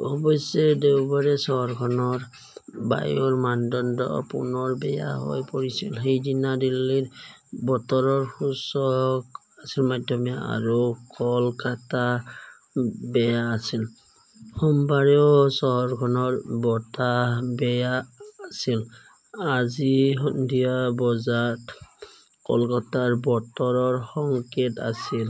অৱশ্যে, দেওবাৰে চহৰখনৰ বায়ুৰ মানদণ্ড পুনৰ বেয়া হৈ পৰিছিল। সেইদিনা দিল্লীৰ বতৰৰ সূচক আছিল মধ্যমীয়া। আৰু কলকাতা বেয়া আছিল। সোমবাৰেও চহৰখনৰ বতাহ 'বেয়া "আছিল। আজি সন্ধিয়া বজাত কলকাতাৰ বতৰৰ সংকেত আছিল।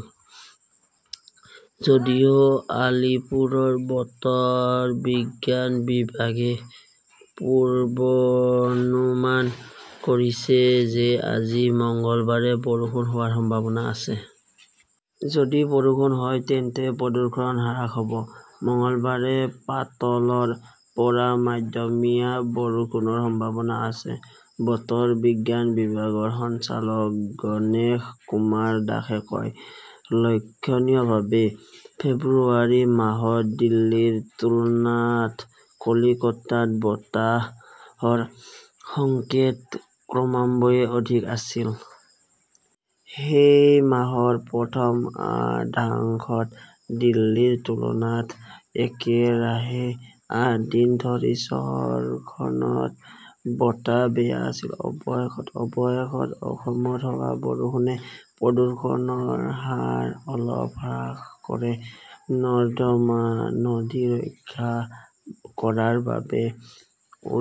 যদিও আলীপুৰৰ বতৰ বিজ্ঞান বিভাগে পূৰ্বানুমান কৰিছে যে আজি মঙলবাৰে বৰষুণ হোৱাৰ সম্ভাৱনা আছে। যদি বৰষুণ হয় তেন্তে প্ৰদূষণ হ্ৰাস হ "ব। "মঙলবাৰে পাতলৰ পৰা মধ্যমীয়া বৰষুণৰ সম্ভাৱনা আছে", বতৰ বিজ্ঞান বিভাগৰ সঞ্চালক গণেশকুমাৰ দাসে কয়। "লক্ষণীয়ভাৱে, ফেব্ৰুৱাৰী মাহত দিল্লীৰ তুলনাত কলকাতাত বতাহৰ সংকেত ক্ৰমান্বয়ে অধিক আছিল। সেই মাহৰ প্ৰথম অৰ্ধাংশত দিল্লীৰ তুলনাত একেৰাহে আঠ দিন ধৰি চহৰখনৰ বতাহ বেয়া আছিল। অৱশেষত, অৱশেষত, অসময়ত হোৱা বৰষুণে প্ৰদূষণৰ হাৰ অলপ হ্ৰাস কৰে। নৰ্মদা নদী ৰক্ষা কৰাৰ বাবে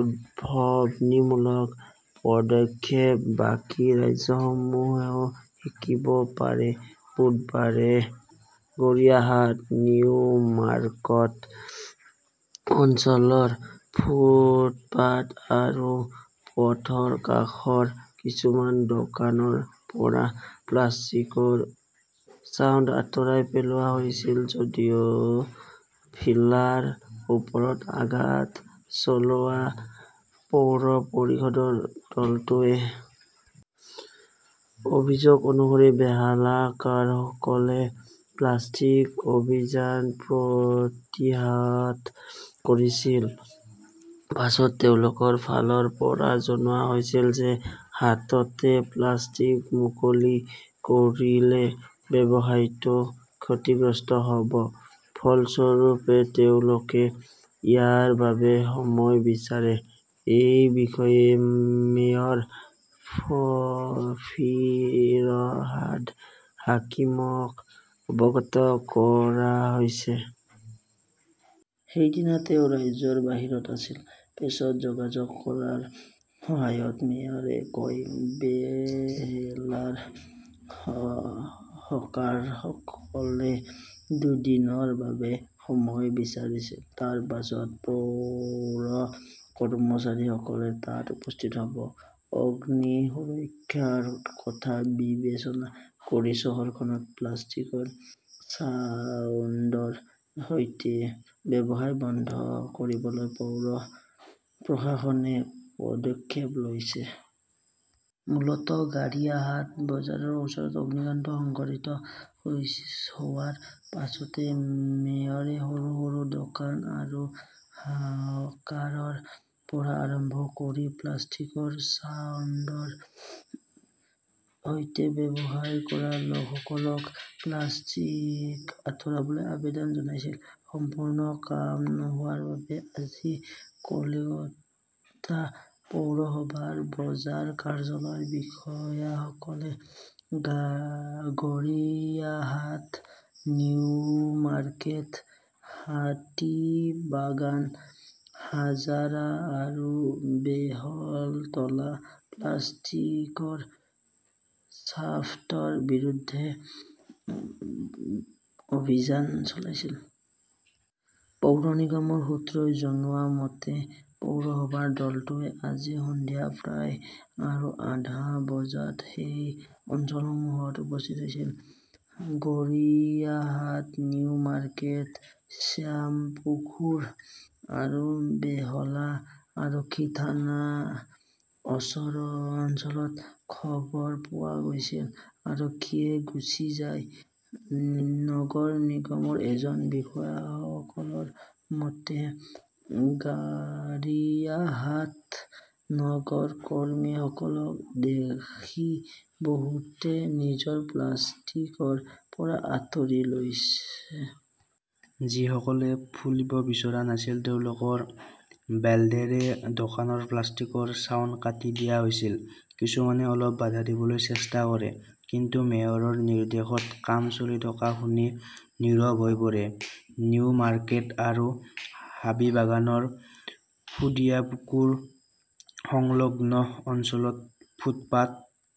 উদ্ভাৱনীমূলক পদক্ষেপ, বাকী ৰাজ্যসমূহেও শিকিব পাৰে বুধবাৰে গড়িয়াহাট, নিউ মাৰ্কেট অঞ্চলৰ ফুটপাত আৰু পথৰ কাষৰ কিছুমান দোকানৰ পৰা প্লাষ্টিকৰ ছাউণ্ড আঁতৰাই পেলোৱা হৈছিল যদিও ভিলাৰ ওপৰত 'আঘাত "চলোৱা পৌৰ পৰিষদৰ দলটোৱে। অভিযোগ অনুসৰি বেহালা হ 'কাৰসকলে প্লাষ্টিক অভিযান প্ৰতিহত কৰিছিল। পিছত তেওঁলোকৰ ফালৰ পৰা জনোৱা হৈছিল যে হঠাতে প্লাষ্টিক মুকলি কৰিলে ব্যৱসায়টো ক্ষতিগ্ৰস্ত হ "ব। ফলস্বৰূপে, তেওঁলোকে ইয়াৰ বাবে সময় বিচাৰে। এই বিষয়ে মেয়ৰ ফিৰহাদ হাকিমক অৱগত কৰা হৈছিল। সেইদিনা তেওঁ ৰাজ্যৰ বাহিৰত আছিল। পিছত যোগাযোগ কৰাৰ সময়ত মেয়ৰে কয়, "বেহেলাৰ হ 'কাৰসকলে দুদিনৰ বাবে সময় বিচাৰিছিল। তাৰ পিছতে পৌৰ কৰ্মচাৰীসকলে তাত উপস্থিত হ "ব। "অগ্নি সুৰক্ষাৰ কথা বিবেচনা কৰি চহৰখনত প্লাষ্টিকৰ ছাউণ্ডৰ সৈতে ব্যৱসায় বন্ধ কৰিবলৈ পৌৰ প্ৰশাসনে পদক্ষেপ লৈছে। মূলতঃ গড়িয়াহাট বজাৰৰ ওচৰত অগ্নিকাণ্ড সংঘটিত হোৱাৰ পিছতে মেয়ৰে সৰু সৰু দোকান আৰু হকাৰৰ পৰা আৰম্ভ কৰি প্লাষ্টিকৰ ছাউণ্ডৰ সৈতে ব্যৱসায় কৰা লোকসকলক প্লাষ্টিক আঁতৰাবলৈ আবেদন জনাইছিল। সম্পূৰ্ণ কাম নোহোৱাৰ বাবে আজি কলকাতা পৌৰসভাৰ বজাৰ কাৰ্যালয়ৰ বিষয়াসকলে গড়িয়াহাট, নিউ মাৰ্কেট, হাতিবাগান, হাজাৰা আৰু বেহলাত প্লাষ্টিকৰ ছাফ্টৰ বিৰুদ্ধে অভিযান চলাইছিল। পৌৰ নিগমৰ সূত্ৰই জনোৱা মতে, পৌৰসভাৰ দলটোৱে আজি সন্ধিয়া প্ৰায় আৰু আধা বজাত সেই অঞ্চলসমূহত উপস্থিত হৈছিল। গড়িয়াহাট, নিউ মাৰ্কেট, শ্যামপুখুৰ আৰু বেহলা আৰক্ষী থানা অঞ্চলত খবৰ পোৱা গৈছিল। আৰক্ষীয়েও গুচি যায়। নগৰ নিগমৰ এজন বিষয়াসকলৰ মতে, গড়িয়াহাটত নগৰ কৰ্মীসকলক দেখি বহুতে নিজকে প্লাষ্টিকৰ পৰা আঁতৰাই লৈছে। যিসকলে খুলিব বিচৰা নাছিল তেওঁলোকক ব্লেডেৰে দোকানৰ প্লাষ্টিকৰ ছাউণ্ড কাটি দিয়া হৈছিল। কিছুমানে অলপ বাধা দিবলৈ চেষ্টা কৰে, কিন্তু মেয়ৰৰ নিৰ্দেশত কাম চলি থকা শুনি নীৰৱ হৈ পৰে। নিউ মাৰ্কেট আৰু হাতিবাগানৰ ফাডিয়াপুকুৰ সংলগ্ন অঞ্চলত ফুটপাত